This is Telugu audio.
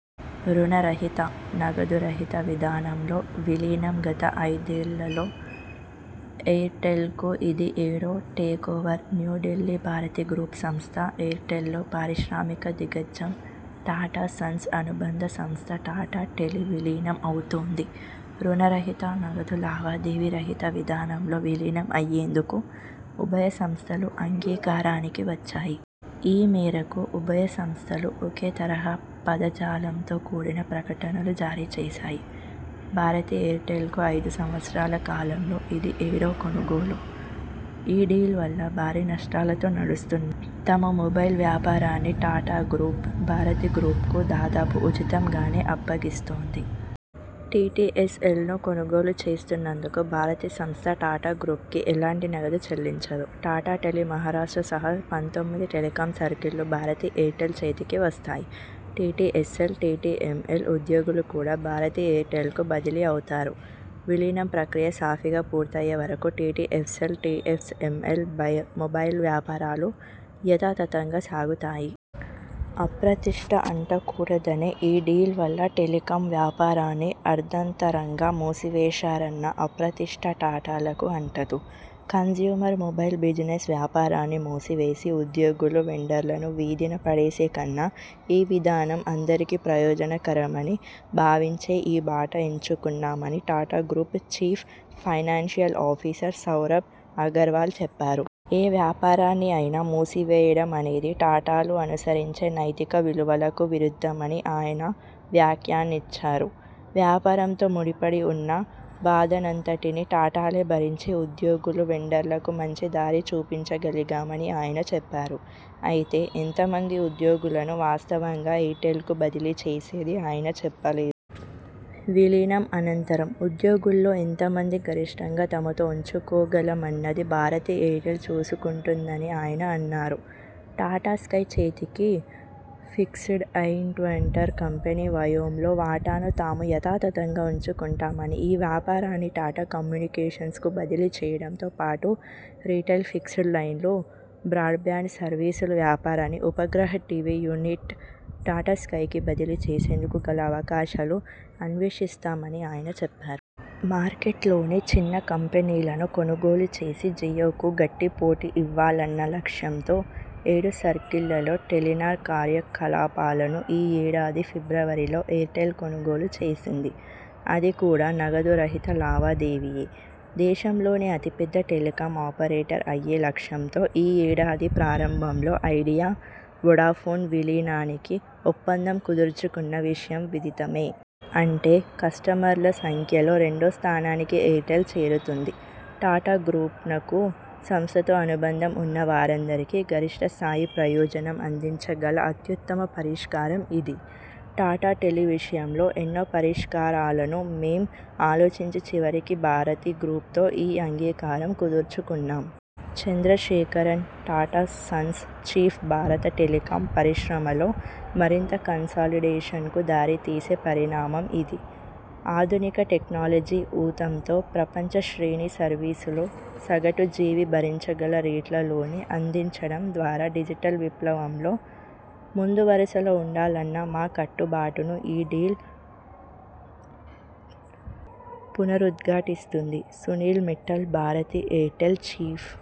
రుణ రహిత, నగదు రహిత విధానంలో విలీనం గత ఐదేళ్లలో ఎయిర్టెల్కు ఇది ఏడో takeover new Delhi Bharti group సంస్థ ఎయిర్టెల్లో పారిశ్రామిక దిగ్గజం టాటా సన్స్ అనుబంధ సంస్థ టాటా టెలి విలీనం అవుతోంది. రుణ రహిత, నగదు లావాదేవీ రహిత విధానంలో విలీనం అయ్యేందుకు ఉభయ సంస్థలు అంగీకారానికి వచ్చాయి. ఈ మేరకు ఉభయ సంస్థలు ఒకే తరహా పద జాలంతో కూడిన ప్రకటనలు జారీ చేశాయి. భారతి ఎయిర్టెల్కు ఐదు సంవత్సరాల కాలంలో ఇది ఏడో కొనుగోలు. ఈ డీల్ వల్ల భారీ నష్టాలతో నడుస్తు తమ మొబైల్ వ్యాపారాన్ని టాటా గ్రూప్, భారతి గ్రూప్కు దాదాపు ఉచితం గానే అప్పగిస్తోంది. టిటిఎస్ఎల్ను కొనుగోలు చేస్తున్నందుకు భారతి సంస్థ టాటా గ్రూప్కి ఎలాంటి నగదు చెల్లించదు. టాటా టెలి మహారాష్ట్ర సహా పంతొమ్మిది టెలికాం సర్కిళ్లు భారతి ఎయిర్టెల్ చేతికి వస్తాయి. టిటిఎస్ఎల్, టిటిఎంఎల్ ఉద్యోగులు కూడా భారతి ఎయిర్టెల్కు బదిలీ అవుతారు. విలీనం ప్రక్రియ సాఫీగా పూర్తయ్యే వరకు టిటిఎ్సఎల్, టిఎ్సఎంఎల్ మొబైల్ వ్యాపారాలు యథాతథంగా సాగుతాయి. అప్రతిష్ఠ అంటకూడదనే ఈ డీల్ వల్ల టెలికాం వ్యాపారాన్ని అర్ధంతరంగా మూసివేశారన్న అప్రతిష్ఠ టాటాలకు అంటదు. కన్స్యూమర్ మొబైల్ బిజినెస్ వ్యాపారాన్ని మూసివేసి ఉద్యోగులు, వెండర్లను వీధిన పడేసే కన్నా ఈ విధానం అందరికీ ప్రయోజన కరమని భావించే ఈ బాట ఎంచుకున్నామని Tata group chief financial officer Saurabh Agarwal చెప్పారు. ఏ వ్యాపారాన్ని అయినా మూసివేయడం అనేది టాటాలు అనుసరించే నైతిక విలువలకు విరుద్ధమని ఆయన వ్యాఖ్యానించారు. వ్యాపారంతో ముడిపడి ఉన్న బాధనంతటినీ టాటాలే భరించి ఉద్యోగులు, వెండర్లకు మంచి దారి చూపించ గలిగామని ఆయన చెప్పారు. అయితే ఎంత మంది ఉద్యోగులను వాస్తవంగా ఎయిర్టెల్కు బదిలీ చేసేది ఆయన చెప్పలేదు. విలీనం అనంతరం ఉద్యోగుల్లో ఎంత మంది గరిష్ఠంగా తమతో ఉంచుకోగల మన్నది భారతి ఎయిర్టెల్ చూసుకుంటుందని ఆయన అన్నారు. టాటా స్కై చేతికి ఫిక్స్డ్లైన్టవర్ కంపెనీ వయోమ్లో వాటాను తాము యథాతథంగా ఉంచుకుంటామని, ఈ వ్యాపారాన్ని టాటా కమ్యూనికేషన్స్కు బదిలీ చేయడంతో పాటు రిటైల్ ఫిక్స్డ్ లైన్లు, బ్రాడ్బ్యాండ్ సర్వీసుల వ్యాపారాన్ని ఉపగ్రహ టివి యూనిట్ టాటా స్కైకి బదిలీ చేసేందుకు గల అవకాశాలు అన్వేషిస్తామని ఆయన చెప్పారు. మార్కెట్లోని చిన్న కంపెనీలను కొనుగోలు చేసి జియోకు గట్టి పోటీ ఇవ్వాలన్న లక్ష్యంతో ఏడు సర్కిళ్లలో టెలినార్ కార్యకలాపాలను ఈ ఏడాది ఫిబ్రవరిలో ఎయిర్టెల్ కొనుగోలు చేసింది. అది కూడా నగదు రహిత లావాదేవీయే. దేశంలోనే అతి పెద్ద టెలికాం ఆపరేటర్ అయ్యే లక్ష్యంతో ఈ ఏడాది ప్రారంభంలో ఐడియా, వొడాఫోన్ విలీనానికి ఒప్పందం కుదుర్చుకున్న విషయం విదితమే. అంటే కస్టమర్ల సంఖ్యలో రెండో స్థానానికి ఎయిర్టెల్ చేరుతుంది. టాటా గ్రూప్నకు, సంస్థతో అనుబంధం ఉన్న వారందరికీ గరిష్ఠ స్థాయి ప్రయోజనం అందించగల అత్యుత్తమ పరిష్కారం ఇది. టాటా టెలి విషయంలో ఎన్నో పరిష్కారాలను మేం ఆలోచించి చివరికి భారతి గ్రూప్తో ఈ అంగీకారం కుదుర్చుకున్నాం. చంద్రశేఖరన్, టాటా సన్స్ చీఫ్ భారత టెలికాం పరిశ్రమలో మరింత కన్సాలిడేషన్కు దారి తీసే పరిణామం ఇది. ఆధునిక టెక్నాలజీ ఊతంతో ప్రపంచ శ్రేణి సర్వీసులు సగటు జీవి భరించగల రేట్లలోనే అందించడం ద్వారాడిజిటల్ విప్లవంలో ముందు వరుసలో ఉండాలన్న మా కట్టు బాటును ఈ డీల్ పునరుద్ఘాటిస్తుంది. Sunil Mittal, Bharti Airtel chief